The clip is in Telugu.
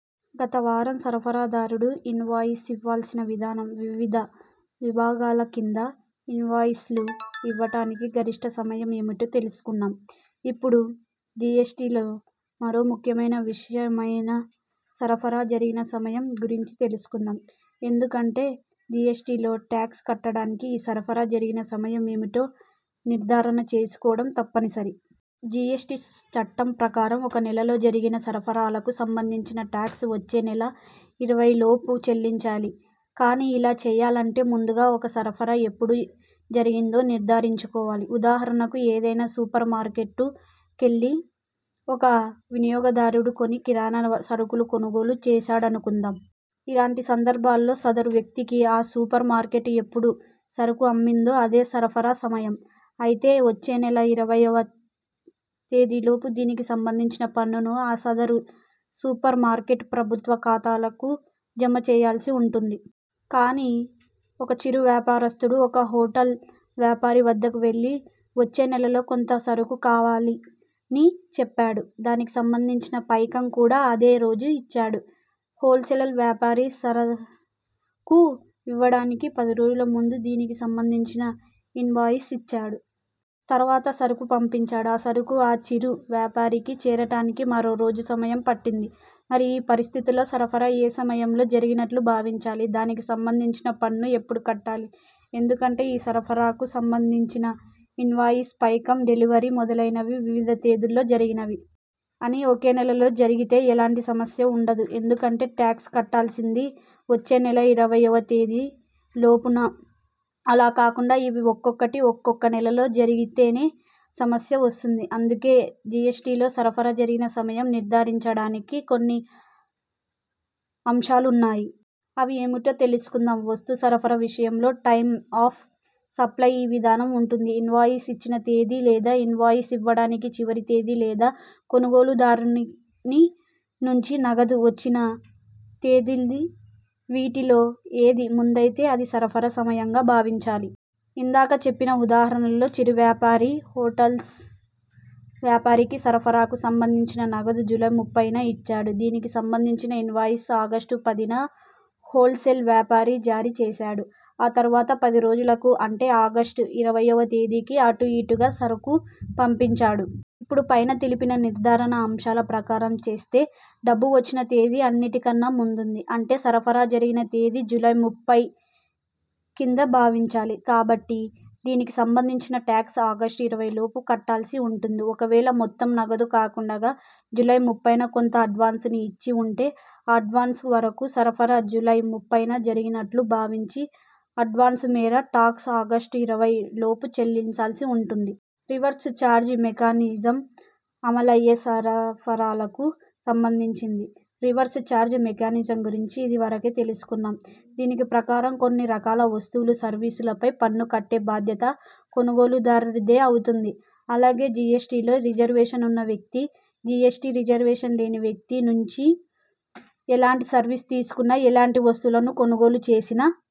గత వారం సరఫరాదారుడు ఇన్వాయిస్ ఇవ్వాల్సిన విధానం, వివిధ విభాగాల కింద ఇన్వాయిస్ లు ఇవ్వటానికి గరిష్ఠ సమయం ఏమిటో తెలుసుకున్నాం. ఇప్పుడు జిఎ్సటిలో మరో ముఖ్యమైన విషయమైన సరఫరా జరిగిన సమయం గురించి తెలుసుకుందాం. ఎందుకంటే జిఎ్సటిలో టాక్స్ కట్టటానికి ఈ సరఫరా జరిగిన సమయం ఏమిటో నిర్ధారణ చేసుకోవటం తప్పనిసరి. జిఎ్సటి చట్టం ప్రకారం ఒక నెలలో జరిగిన సరఫరాలకు సంబంధించి టాక్స్ వచ్చే నెల ఇరవై లోపు చెల్లించాలి. కానీ ఇలా చేయాలంటే ముందుగా ఒక సరఫరా ఎప్పుడు జరిగిందో నిర్ధారించుకోవాలి. ఉదాహరణకు ఏదైనా సూపర్ మార్కెట్ వెళ్లి ఒక వినియోగదారుడు కొన్ని కిరాణా సరుకులు కొనుగోలు చేశాడనుకుందాం. ఇలాంటి సందర్భాల్లో సద రు వ్యక్తికి ఆ సూపర్ మార్కెట్ ఎప్పుడు సరు కు అమ్మిందో అదే సరఫరా సమయం. అయి తే వచ్చే నెల ఇరవైవ తేదీలోపు దీనికి సంబంధించిన పన్నును ఆ సదరు సూపర్ మార్కెట్ ప్రభుత్వ ఖాతాలకు జమ చేయాల్సి ఉంటుంది. కానీ ఒక చిరు వ్యాపారస్తుడు ఒక హోట ల్ వ్యాపారి వద్దకు వెళ్లి వచ్చే నెలలో కొంత సరుకు కావాలని చెప్పాడు. దానికి సంబంధించిన పైకం కూడా అదే రోజు ఇచ్చాడు. హోల్ సేల్ వ్యాపారి సరుకు ఇవ్వడానికి పది రోజుల ముందు దీనికి సంబంధించిన ఇన్వాయిస్ ఇచ్చాడు. తర్వాత సరుకు పంపించాడు. ఆ సరుకు ఆ చిరు వ్యాపారికి చేరటానికి మరో రోజు సమయం పట్టింది. మరి ఈ పరిస్థితిలో సరఫరా ఏ సమయంలో జరిగినట్లు భావించాలి? దానికి సంబంధించిన పన్ను ఎప్పుడు కట్టాలి? ఎందుకంటే ఈ సరఫరాకు సంబంధించిన ఇన్వాయిస్, పైకం, డెలివరీ మొదలైనవి వివిధ తేదీల్లో జరిగినవి. అన్ని ఒకే నెలలో జరిగితే ఎలాంటి సమస్య ఉండదు. ఎందుకంటే టాక్స్ కట్టాల్సింది వచ్చే నెల ఇరవై వ తేదీ లోపున, అలా కాకుండా ఇవి ఒక్కొక్కటి ఒక్కొక్క నెలలో జరిగితేనే సమస్య వస్తుంది. అందుకే జిఎ్సటిలో సరఫరా జరిగిన సమయం నిర్ధారించటానికి కొన్ని అంశాలున్నాయి. అవి ఏమిటో తెలుసుకుందాం. వస్తు సరఫరా విషయంలో టైమ్ ఆఫ్ సప్లయ్ ఈ విధానం ఉంటుంది. ఇన్వాయిస్ ఇచ్చిన తేదీ లేదా ఇన్వాయిస్ ఇవ్వటానికి చివరి తేదీ లేదా కొనుగోలుదారుని నుంచి నగదు వచ్చిన తేదీ. వీటిలో ఏది ముందైతే అది సరఫరా సమయంగా భావించాలి. ఇందాక చెప్పిన ఉదాహరణలో చిరు వ్యాపా రి హోటల్ వ్యాపారికి సరఫరాకు సంబంధించిన నగదు జూలై ముప్పైన ఇచ్చాడు. దీనికి సంబంధించిన ఇన్వాయిస్ ఆగస్టు పదిన హోల్ సేల్ వ్యాపారి జారీ చేశాడు. ఆ తర్వాత పది రోజులకు అంటే ఆగస్టు ఇరవై వ తేదీకి అటు ఇటూగా సరుకు పంపించాడు. ఇప్పుడు పైన తెలిపిన నిర్ధారణ అంశాల ప్రకారం చేస్తే, డబ్బు వచ్చిన తేదీ అన్నిటికన్నా ముందుంది. అంటే సరఫరా జరిగిన తేదీ జూలై ముప్పై కింద భావించాలి. కాబట్టి దీనికి సంబంధించిన టాక్స్ ఆగస్టు ఇరవైలోపు కట్టాల్సి ఉంటుం ది. ఒకవేళ మొత్తం నగదు కాకుండా జూలై ముప్పైన కొంత అడ్వాన్సు ఇచ్చి ఉంటే, ఆ అడ్వాన్సు వరకు సరఫరా జూలై ముప్పైన జరిగినట్లు భావించి అడ్వాన్సు మేర టాక్స్ ఆగస్టు ఇరవై లోపు చెల్లించాల్సి ఉంటుంది. రివర్స్ చార్జ్ మెకానిజం అమలయ్యే సరఫరాలకు సంబంధించి.. రివర్స్ చార్జ్ మెకానిజం గురించి ఇది వరకే తెలుసుకున్నాం. దీని ప్రకారం కొన్ని రకాల వస్తువులు, సర్వీసుల పైన పన్ను కట్టే బాధ్యత కొనుగోలుదారుడిదే అవుతుంది. అలాగే జిఎ్సటిలో రిసర్వ్షన్ ఉన్న వ్యక్తి, జిఎ్సటి రిజర్వషన్ లేని వ్యక్తి నుంచి ఎలాంటి సర్వీస్ తీసుకున్నా, ఎలాంటి వస్తువులను కొనుగోలు చేసినా